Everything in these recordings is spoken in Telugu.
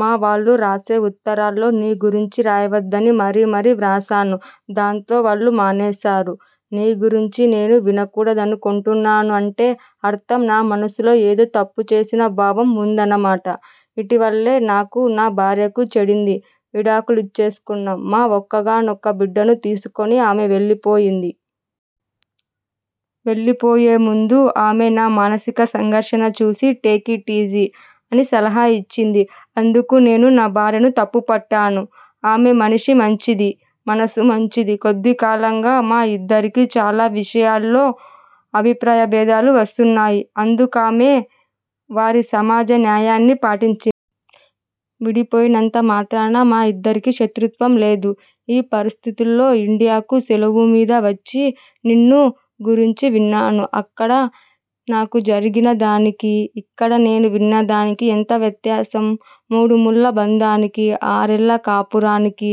మా వాళ్ళు రాసే ఉత్తరాల్లో నీ గురించి రాయవద్దని మరీ మరీ వ్రాశాను. దాంతో వాళ్ళు మానేశారు. నీ గురించి నేను వినకూడదనుకొంటున్నానంటే అర్ధం! నా మనసులో ఏదో తప్పుచేసిన భావం ఉందన్న మాట! ఇటీవలే నాకూ, నా భార్యకూ చెడింది. విడాకులిచ్చేసుకున్నాం. మా ఒక్కగానొక్క బిడ్డను తీసుకొని ఆమె వెళ్ళిపోయింది. వెళ్ళిపోయేముందు ఆమె నా మానసిక సంఘర్షణ చూసి, టేకిట్ ఈజీ అని సలహా ఇచ్చింది. అందుకు నేను నా భార్యను తప్పుపట్టాను. ఆమె మనిషి మంచిది. మనసు మంచిది. కొద్దికాలంగా మా ఇద్దరికీ చాలా విషయాల్లో అభిప్రాయబేధాలు వస్తున్నాయి. అందుకామె వారి సమాజ న్యాయాన్ని పాటించింది. విడిపోయినంత మాత్రాన మా ఇద్దరికీ శత్రుత్వం లేదు. ఈ పరిస్థితుల్లో ఇండియాకు సెలవుమీద వచ్చి నిన్ను గురించి విన్నాను. అక్కడ నాకు జరిగిన దానికీ, ఇక్కడ నేను విన్న దానికీ ఎంత వ్యత్యాసం? మూడుముళ్ళ బందానికీ, ఆర్నెల్ల కాపురానికీ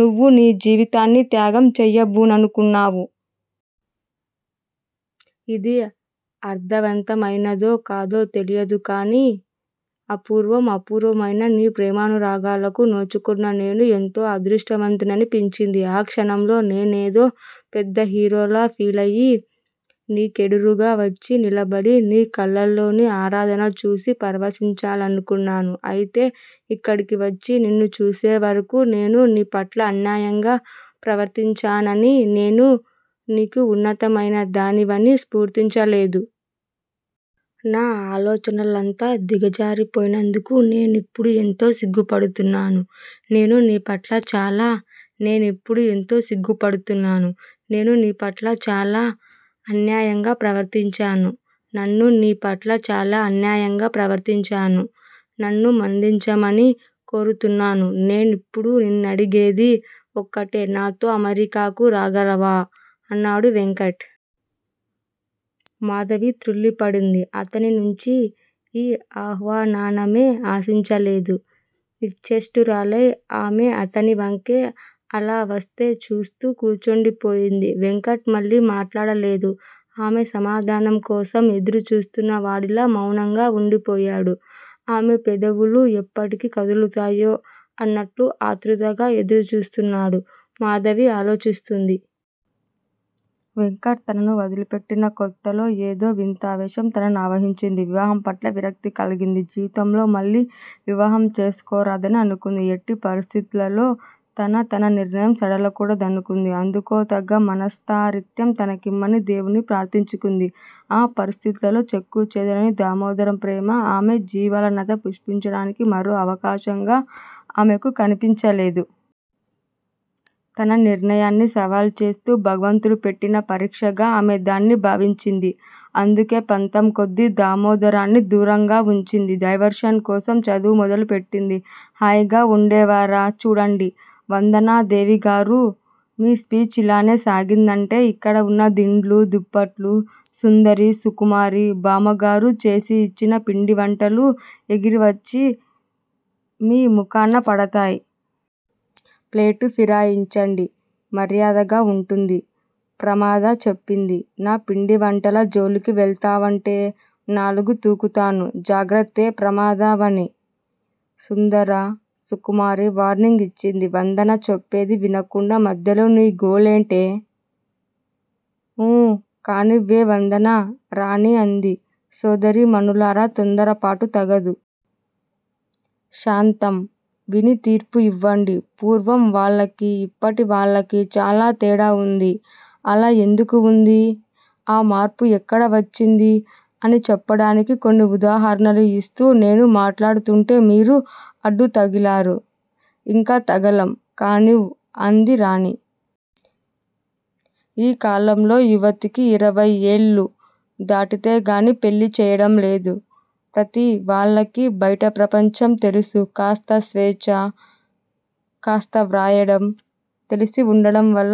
నువ్వు నీ జీవితాన్ని త్యాగం చేయబూనుకున్నావు. ఇది అర్దవంతమైనదో కాదో తెలియదుగానీ అపూర్వం! అపూర్వమైన నీ ప్రేమానురాగాలకు నోచుకున్న నేను ఎంతో అదృష్టవంతుడ్నినిపించింది. ఆ క్షణంలో నేనేదో పెద్ద హీరోలా ఫీలయ్యి నీకేడురుగా వచ్చి నిలబడి నీ కళ్ళలోని ఆరాధన చూసి పరవశించాలనుకున్నాను. ఐతే ఇక్కడికివచ్చి నిన్ను చూసేవరకూ నేను నీపట్ల అన్యాయంగా ప్రవర్తించాననీ నేను నీకు ఉన్నతమయిన దానివనీ స్పురించలేదు. నా అలోచనలంతగా దిగజారిపొయింనందుకు నేనిప్పుడు ఎంతో సిగ్గుపడుతున్నాను. నేను నీపట్ల చాలా నేనిప్పుడు ఎంతో సిగ్గు పడుతున్నాను. నేను నీపట్ల చాలా అన్యాయంగా ప్రవర్తించాను. నన్ను నీపట్ల చాలా అన్యాయంగా ప్రవర్తించాను. నన్ను మన్నించమని కోరుతున్నాను. నేనిప్పుడు నిన్నదిగేది ఒక్కటే. నాతో అమెరికాకు రాగలవా? అన్నాడు వెంకట్. మాధవి త్రుళ్ళి పడింది. అతనినుంచి ఈ ఆహ్వాన్నాన్నమే ఆశించలేదు. నిశ్చేష్టురాలై ఆమె అతనివంకే అలా వస్తే చూస్తూ కూర్చుండి పోయింది. వెంకట్ మళ్ళీ మాట్లాడలేదు. ఆమె సమాధానం కోసం ఎదురుచూస్తున్న వాడిలా మౌనంగా ఉందిపోయాడు. ఆమె పెదవులు ఎప్పటికి కదులుతాయా అన్నట్లు అత్రుతుగా ఎదురుచూస్తున్నాడు. మాధవి ఆలోచిస్తుంది. వెంకట్ తనను వదిలిపెట్టిన కొత్తలో ఏదో వింత ఆవేశం తననావహింది. వివాహంపట్ల విరక్తి కలిగింది. జీవితంలో మళ్ళీ వివాహం చేసుకోరాదనీ అనుకుంది. ఎట్టి పరిస్థితుల్లల్లో తన తన నిర్ణయం సడలకూడదనుకొంది. అందుకోతగ్గ మనోస్థయిర్యం తనకిమ్మని దేవుణ్నీ ప్రార్ధించుకుంది. ఆ పరిస్థితుల్లో చెక్కుచెదరని దామోదరం ప్రేమ ఆమె జీవలనత పుష్పించడానికి మరో అవకాశంగా ఆమెకు కనిపించలేదు. తన నిర్ణయాన్ని సవాల్ చేస్తూ భగవంతుడు పెట్టిన పరీక్షిగా ఆమె దాన్ని భావించింది. అందుకే పంతంకొద్దీ దామోదరాన్ని దూరంగా వుంచింది. డైవర్షన్ కోసం చదువు మొదలుపెట్టింది. హాయిగా ఉండేవారా? చూడండి వందనాదేవిగారు! మీ స్పీచ్ ఇలానే సాగిందంటే ఇక్కడ ఉన్న దిండ్లు దుప్పట్లు సుందరి సుకుమారి బామ్మగారు చేసి ఇచ్చిన పిండివంటలు ఎగిరివచ్చి మీ ముఖాన పడతాయ్. ప్లేటు ఫిరాయించండి మర్యాదగా ఉంటుంది ప్రమద చెప్పింది. నా పిండి వంటల జోలికి వెళ్ళావంటే నాలుగుతుకుతాను జాగ్రత్తే ప్రమదావని! సుందర సుకుమారి వార్నింగ్ ఇచ్చింది. వందన చెప్పేది వినకుండ మధ్యలో నీ గోలేంటే? ఊ కానివ్వవే వందనా! రాణి అంది. సోదరీ మణులారా! తొందరపాటు తగదు. సాంతం విని తీర్పు ఇవ్వండి. పూర్వం వాళ్ళకి ఇప్పటి వాళ్ళకి చాలా తేడా ఉంది. అలా ఎందుకు ఉంది? ఆ మార్పు ఎక్కడ వచ్చింది? అని చెప్పడానికి కొన్ని ఉదాహరణలు ఇస్తూ నేను మాట్లాడుతూంటే మీరు అడ్డు తగిలారు. ఇంకా తగలం కానివ్ అంది రాణి. ఈ కాలంలో యువతికి ఇరవైయేళ్ళు దాటితే గాని పెళ్ళి చేయడం లేదు. ప్రతివాళ్ళకి బైట ప్రపంచం తెలుసు. కాస్త స్వేచ్చ కాస్త వ్రాయడం తెలిసి ఉండటంవల్ల